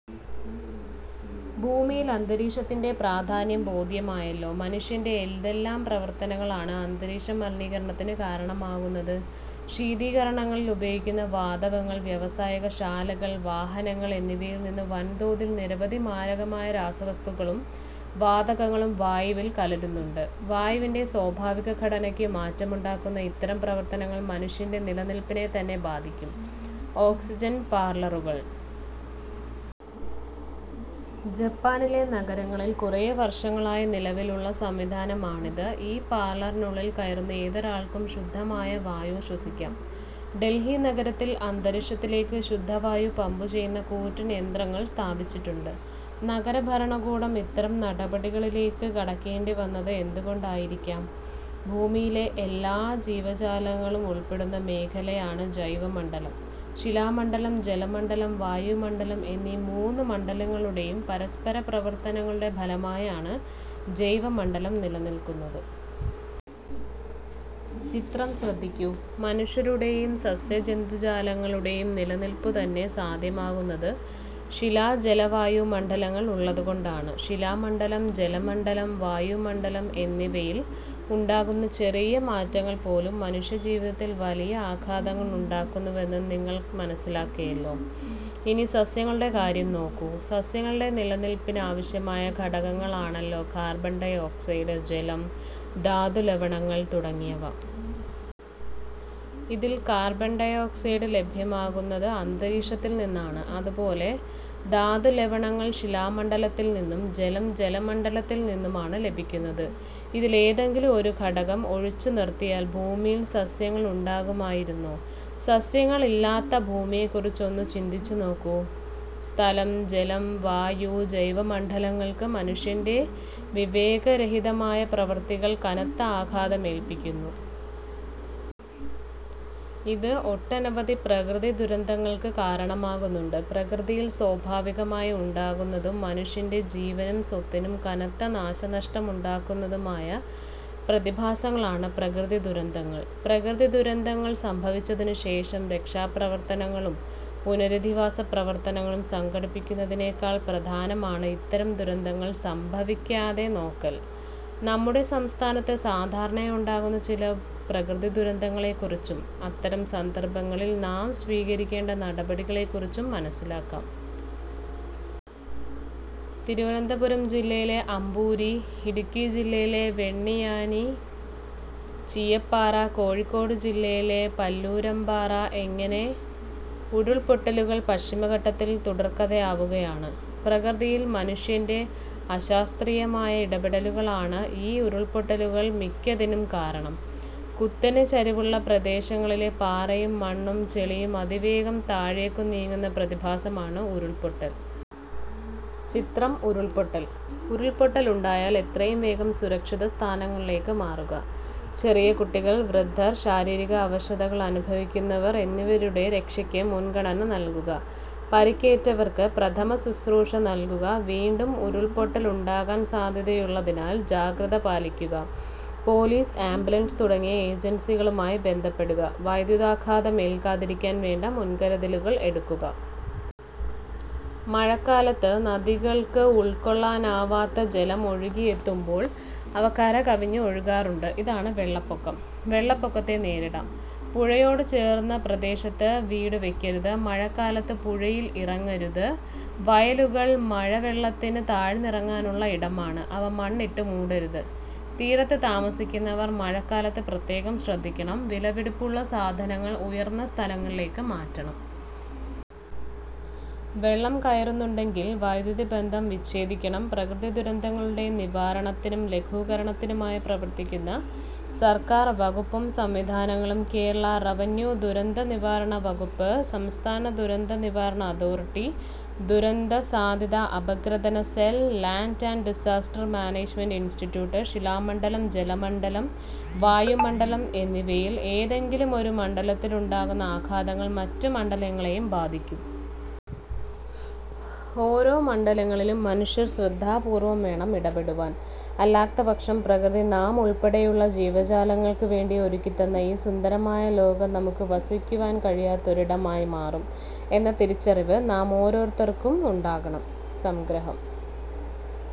ഭൂമിയിൽ അന്തരീക്ഷത്തിന്റെ പ്രാധാന്യം ബോധ്യമായല്ലോ. മനുഷ്യന്റെ ഏതെല്ലാം പ്രവർത്തനങ്ങളാണ് അന്തരീക്ഷ മലിനീകരണത്തിന് കാരണമാകുന്നത്? ശീതീകരണികളിൽ ഉപയോഗിക്കുന്ന വാതകങ്ങൾ വ്യവസായശാലകൾ, വാഹനങ്ങൾ എന്നിവയിൽനിന്ന് വൻതോതിൽ നിരവധി മാരകമായ രാസവസ്തുക്കളും വാതകങ്ങളും വായുവിൽ കലരുന്നുണ്ട്. വായുവിന്റെ സ്വാഭാവികഘടനയ്ക്ക് മാറ്റമുണ്ടാക്കുന്ന ഇത്തരം പ്രവർത്തനങ്ങൾ മനുഷ്യന്റെ നിലനിൽപ്പിനെത്തന്നെ ബാധിക്കും. ഓക്സിജൻ പാർലറുകൾ! ജപ്പാനിലെ നഗരങ്ങളിൽ കുറെ വർഷങ്ങളായി നിലവിലുള്ള സംവിധാനമാണിത്. ഈ പാർലറിനുള്ളിൽ കയറുന്ന ഏതൊരാൾക്കും ശുദ്ധമായ വായു ശ്വസിക്കാം. ഡൽഹി നഗരത്തിൽ അന്തരീക്ഷത്തിലേക്ക് ശുദ്ധവായു പമ്പുചെയ്യുന്ന കൂറ്റൻ യന്ത്രങ്ങൾ സ്ഥാപിച്ചിട്ടുണ്ട്. നഗരഭരണകൂടം ഇത്തരം നടപടികളിലേക്ക് കടക്കേണ്ടിവന്നത് എന്തുകൊണ്ടായിരിക്കാം? ഭൂമിയിലെ എല്ലാ ജീവജാലങ്ങളും ഉൾപ്പെടുന്ന മേഖലയാണ് ജൈവമണ്ഡലം. ശിലാമണ്ഡലം, ജലമണ്ഡലം, വായുമണ്ഡലം എന്നീ മൂന്ന് മണ്ഡലങ്ങളുടെയും പരസ്പരപ്രവർത്തനങ്ങളുടെ ഫലമായാണ് ജൈവമണ്ഡലം നിലനിൽക്കുന്നത്. ചിത്രം ശ്രദ്ധിക്കു. മനുഷ്യരുടെയും സസ്യജന്തുജാലങ്ങളുടെയും നിലനിൽപ്പുതന്നെ സാധ്യമാകുന്നത് ശിലാ ജല-വായു മണ്ഡലങ്ങൾ ഉള്ളതുകൊണ്ടാണ്. ശിലാമണ്ഡലം, ജലമണ്ഡലം, വായുമണ്ഡലം എന്നിവയിൽ ഉണ്ടാകുന്ന ചെറിയ മാറ്റങ്ങൾപോലും മനുഷ്യജീവിതത്തിൽ വലിയ ആഘാതങ്ങൾ ഉണ്ടാക്കുന്നുവെന്ന് നിങ്ങൾ മനസ്സിലാക്കിയല്ലോ. ഇനി സസ്യങ്ങളുടെ കാര്യം നോക്കു. സസ്യങ്ങളുടെ നിലനിൽപ്പിന് ആവശ്യമായ ഘടകങ്ങളാണല്ലോ കാർബൺ ഡൈ ഓക്സൈഡ്, ജലം, ധാതുലവണങ്ങൾ തുടങ്ങിയവ. ഇതിൽ കാർബൺ ഡൈഓക്സൈഡ് ലഭ്യമാകുന്നത്അ ന്തരീക്ഷത്തിൽനിന്നാണ്. അതുപോലെ ധാതുലവണങ്ങൾ ശിലാമണ്ഡലത്തിൽനിന്നും ജലം ജലമണ്ഡലത്തിൽ നിന്നുമാണ് ലഭിക്കുന്നത്. ഇതിൽ ഏതെങ്കിലും ഒരു ഘടകം ഒഴിച്ചുനിർത്തിയാൽ ഭൂമിയിൽ സസ്യങ്ങൾ ഉണ്ടാകുമായിരുന്നോ? സസ്യങ്ങളില്ലാത്ത ഭൂമിയെക്കുറിച്ച് ഒന്നു ചിന്തിച്ചുനോക്കു. സ്ഥലം, ജലം, വായു, ജൈവമണ്ഡലങ്ങൾക്ക് മനുഷ്യന്റെ വിവേകരഹിതമായ പ്രവൃത്തികൾ കനത്ത ആഘാതം ഏൽപ്പിക്കുന്നു. ഇത് ഒട്ടനവധി പ്രകൃതി ദുരന്തങ്ങൾക്ക് കാരണമാകുന്നുണ്ട്. പ്രകൃതിയിൽ സ്വാഭാവികമായി ഉണ്ടാകുന്നതും മനുഷ്യന്റെ ജീവനും സ്വത്തിനും കനത്ത നാശനഷ്ടമുണ്ടാക്കുന്നതുമായ പ്രതിഭാസങ്ങളാണ് പ്രകൃതിദുരന്തങ്ങൾ. പ്രകൃതിദുരന്തങ്ങൾ സംഭവിച്ചതിനുശേഷം രക്ഷാപ്രവർത്തനങ്ങളും പുനരധിവാസ പ്രവർത്തനങ്ങളും സംഘടിപ്പിക്കുന്നതിനേക്കാൾ പ്രധാനമാണ് ഇത്തരം ദുരന്തങ്ങൾ സംഭവിക്കാതെ നോക്കൽ. നമ്മുടെ സംസ്ഥാനത്ത് സാധാരണയായി ഉണ്ടാകുന്ന ചില പ്രകൃതിദുരന്തങ്ങളെക്കുറിച്ചും അത്തരം സന്ദർഭങ്ങളിൽ നാം സ്വീകരിക്കേണ്ട നടപടികളെക്കുറിച്ചും മനസ്സിലാക്കാം. തിരുവനന്തപുരം ജില്ലയിലെ അമ്പൂരി, ഇടുക്കി ജില്ലയിലെ വെണ്ണിയാനി, ചീയപ്പാറ, കോഴിക്കോട് ജില്ലയിലെ പുല്ലൂരാമ്പാറ ഇങ്ങനെ ഉരുൾപൊട്ടലുകൾ പശ്ചിമഘട്ടത്തിൽ തുടർക്കഥയാവുകയാണ്. പ്രകൃതിയിൽ മനുഷ്യന്റെ അശാസ്ത്രീയമായ ഇടപെടലുകളാണ് ഈ ഉരുൾപൊട്ടലുകൾ മിക്കതിനും കാരണം. കുത്തനെ ചരിവുള്ള പ്രദേശങ്ങളിലെ പാറയും മണ്ണും ചെളിയും അതിവേഗം താഴേക്കു നീങ്ങുന്ന പ്രതിഭാസമാണ് ഉരുൾപൊട്ടൽ. ചിത്രം ഉരുൾപൊട്ടൽ. ഉരുൾപൊട്ടലുണ്ടായാൽ എത്രയും വേഗം സുരക്ഷിതസ്ഥാനങ്ങളിലേക്ക് മാറുക. ചെറിയ കുട്ടികൾ, വൃദ്ധർ, ശാരീരിക അവശതകൾ അനുഭവിക്കുന്നവർ എന്നിവരുടെ രക്ഷയ്ക്ക് മുൻഗണന നൽകുക. പരിക്കേറ്റവർക്ക് പ്രഥമശുശ്രൂഷ നൽകുക. വീണ്ടും ഉരുൾപൊട്ടൽ ഉണ്ടാകാൻ സാധ്യതയുള്ളതിനാൽ ജാഗ്രത പാലിക്കുക. പോലീസ്, ആംബുലൻസ് തുടങ്ങിയ ഏജൻസികളുമായി ബന്ധപ്പെടുക. വൈദ്യുതാഘാതം ഏൽക്കാതിരിക്കാൻ വേണ്ട മുൻകരുതലുകൾ എടുക്കുക. മഴക്കാലത്ത് നദികൾക്ക് ഉൾക്കൊള്ളാനാവാത്തത് ജലം ഒഴുകിയെത്തുമ്പോൾ അവ കര കവിഞ്ഞ് ഒഴുകാറുണ്ട്. ഇതാണ് വെള്ളപ്പൊക്കം. വെളളപ്പൊക്കത്തെ നേരിടാം. പുഴയോടുചേർന്ന പ്രദേശത്ത് വീടുവയ്ക്കരുത്. മഴക്കാലത്ത് പുഴയിൽ ഇറങ്ങരുത്. വയലുകൾ മഴവെള്ളത്തിന് താഴ്ന്നിറങ്ങാനുള്ള ഇടമാണ്. അവ മണ്ണിട്ടുമൂടരുത്. തീരത്തു താമസിക്കുന്നവർ മഴക്കാലത്ത് പ്രത്യേകം ശ്രദ്ധിക്കണം. വിലപിടിപ്പുള്ള സാധനങ്ങൾ ഉയർന്ന സ്ഥലങ്ങളിലേക്ക് മാറ്റണം. വെള്ളം കയറുന്നുണ്ടെങ്കിൽ വൈദ്യുതിബന്ധം വിച്ഛേദിക്കണം. പ്രകൃതിദുരന്തങ്ങളുടെ നിവാരണത്തിനും ലഘൂകരണത്തിനുമായി പ്രവർത്തിക്കുന്ന സർക്കാർ വകുപ്പും സംവിധാനങ്ങളും- കേരള റവന്യൂ-ദുരന്തനിവാരണ വകുപ്പ്, സംസ്ഥാന ദുരന്തനിവാരണ അതോറിറ്റി, ദുരന്ത സാധ്യതാ അപഗ്രഥന cell, land & disaster management institute. ശിലാമണ്ഡലം, ജലമണ്ഡലം, വായുമണ്ഡലം എന്നിവയിൽ ഏതെങ്കിലുമൊരു മണ്ഡലത്തിലുണ്ടാകുന്ന ആഘാതങ്ങൾ മറ്റു മണ്ഡലങ്ങളെയും ബാധിക്കും. ഓരോ മണ്ഡലങ്ങളിലും മനുഷ്യൻ ശ്രദ്ധാപൂർവ്വം വേണം ഇടപെടുവാൻ. അല്ലാത്തപക്ഷം പ്രകൃതി നാം ഉൾപ്പെടെയുള്ള ജീവജാലങ്ങൾക്കു വേണ്ടി ഒരുക്കിത്തന്ന ഈ സുന്ദരമായ ലോകം നമുക്ക് വസിക്കുവാൻ കഴിയാത്ത ഒരിടമായി മാറും എന്ന തിരിച്ചറിവ് നാമോരോരുത്തർക്കും ഉണ്ടാകണം. സംഗ്രഹം-